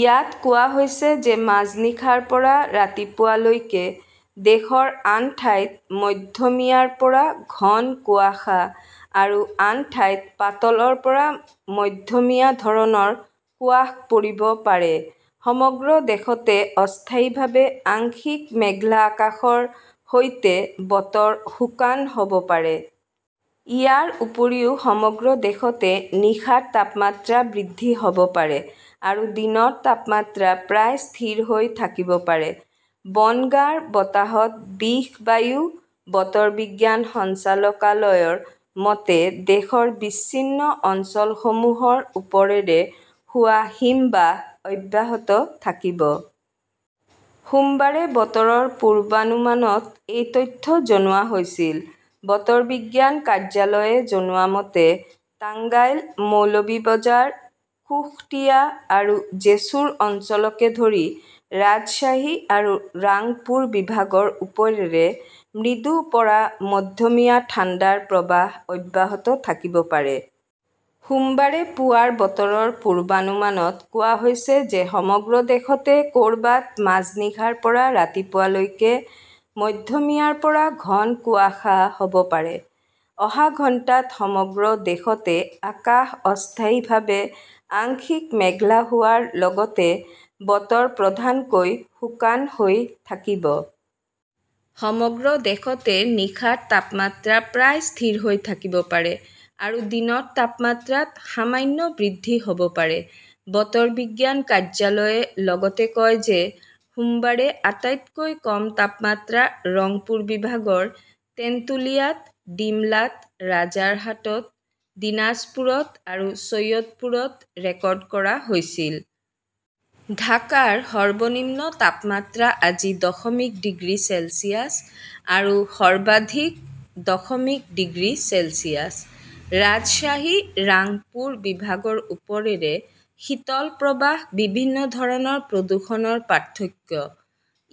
ইয়াত কোৱা হৈছে যে, মাজনিশাৰ পৰা ৰাতিপুৱা লৈকে দেশৰ আন ঠাইত মধ্যমীয়াৰ পৰা ঘন কুয়াশা আৰু আন ঠাইত পাতলৰ পৰা মধ্যমীয়া ধৰণৰ কুয়াশ পৰিব পাৰে। সমগ্ৰ দেশতে অস্থায়ীভাৱে আংশিক মেঘলা আকাশৰ সৈতে বতৰ শুকান হ 'ব পাৰে। ইয়াৰ উপৰিও সমগ্ৰ দেশতে নিশাৰ তাপমাত্ৰা বৃদ্ধি হ 'ব পাৰে আৰু দিনৰ তাপমাত্ৰা প্ৰায় স্থিৰ হৈ থাকিব পাৰে। বনগাঁৰ বতাহত বিষ-বায়ু বতৰ বিজ্ঞান সঞ্চালকালয়ৰ মতে, দেশৰ বিচ্ছিন্ন অঞ্চলসমূহৰ ওপৰেৰে হোৱা হিমবাহ অব্যাহত থাকিব। সোমবাৰে বতৰৰ পূৰ্বানুমানত এই তথ্য জনোৱা হৈছিল। বতৰ বিজ্ঞান কাৰ্যালয়ে জনোৱা মতে, তাংগাইল, মৌলভি বজাৰ, কুশটিয়া আৰু জেছুৰ অঞ্চলকে ধৰি ৰাজশ্বাহী আৰু ৰাংপুৰ বিভাগৰ ওপৰেৰে মৃদুৰ পৰা মধ্যমীয়া ঠাণ্ডাৰ প্ৰৱাহ অব্যাহত থাকিব পাৰে। সোমবাৰে পুৱাৰ বতৰৰ পূৰ্বানুমানত কোৱা হৈছে যে ,সমগ্ৰ দেশতে ক'ৰবাত মাজনিশাৰ পৰা ৰাতিপুৱা লৈকে মধ্যমীয়াৰ পৰা ঘন কুয়াশা হ'ব পাৰে। অহা ঘণ্টাত সমগ্ৰ দেশতে আকাশ অস্থায়ীভাৱে আংশিক মেঘলা হোৱাৰ লগতে বতৰ প্ৰধানকৈ শুকান হৈ থাকিব। সমগ্ৰ দেশতে নিশাৰ তাপমাত্ৰা প্ৰায় স্থিৰ হৈ থাকিব পাৰে আৰু দিনৰ তাপমাত্ৰাত সামান্য বৃদ্ধি হ'ব পাৰে। বতৰ বিজ্ঞান কাৰ্যালয়ে লগতে কয় যে সোমবাৰে আটাইতকৈ কম তাপমাত্ৰা ৰংপুৰ বিভাগৰ তেন্তুলিয়াত, ডিমলাত, ৰাজাৰহাটত দিনাজপুৰত আৰু চৈয়দপুৰত ৰেকৰ্ড কৰা হৈছিল। ঢাকাৰ সৰ্বনিম্ন তাপমাত্ৰা আজি দশমিক ডিগ্ৰী চেলছিয়াছ আৰু সৰ্বাধিক দশমিক ডিগ্ৰী চেলছিয়াছ। ৰাজশ্বাহী-ৰাংপুৰ বিভাগৰ ওপৰেৰে শীতল প্ৰৱাহ বিভিন্ন ধৰণৰ প্ৰদূষণৰ পাৰ্থক্য।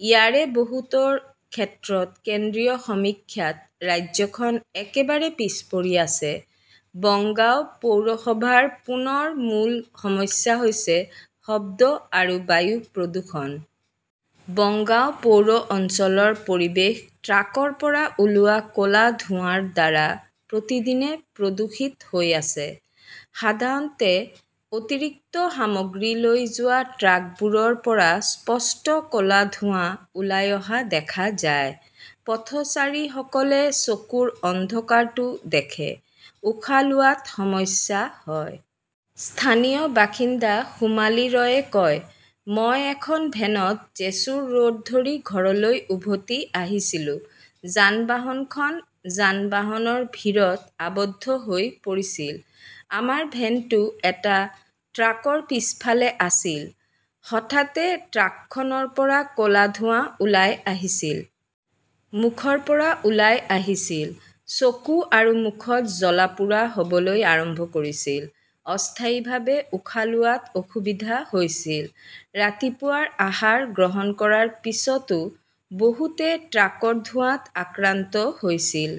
ইয়াৰে বহুতোৰ ক্ষেত্ৰত কেন্দ্ৰীয় সমীক্ষাত ৰাজ্যখন একেবাৰে পিছ পৰি আছে। বঙ্গাও পৌৰসভাৰ পুনৰ মূল সমস্যা হৈছে শব্দ আৰু বায়ু প্ৰদূষণ। বঙ্গাও পৌৰ অঞ্চলৰ পৰিৱেশ ট্ৰাকৰ পৰা ওলোৱা ক'লা ধোঁৱাৰ দ্বাৰা প্ৰতিদিনে প্ৰদূষিত হৈ আছে। সাধাৰণতে, অতিৰিক্ত সামগ্ৰী লৈ যোৱা ট্ৰাকবোৰৰ পৰা স্পষ্ট ক'লা ধোঁৱা ওলাই অহা দেখা যায়। পথচাৰীসকলে চকুৰ অন্ধকাৰটো দেখে, উশাহ লোৱাত সমস্যা হয়। স্থানীয় বাসিন্দা সোমালী ৰয়ে কয়, "মই এখন ভেনত জেছুৰ ৰোড ধৰি ঘৰলৈ উভতি আহিছিলোঁ। যান-বাহনখন যান-বাহনৰ ভিৰত আবদ্ধ হৈ পৰিছিল। আমাৰ ভেনটো এটা ট্ৰাকৰ পিছফালে আছিল। হঠাতে ট্ৰাকখনৰ পৰা ক 'লা ধোঁৱা ওলাই আহিছিল। মুখৰ পৰা ওলাই আহিছিল। চকু আৰু মুখত জ্বলা-পোৰা হ'বলৈ আৰম্ভ কৰিছিল। অস্থায়ীভাৱে উশাহ লোৱাত অসুবিধা হৈছিল।" ৰাতিপুৱাৰ আহাৰ গ্ৰহণ কৰাৰ পিছতো বহুতে ট্ৰাকৰ ধোঁৱাত আক্ৰান্ত হৈছিল।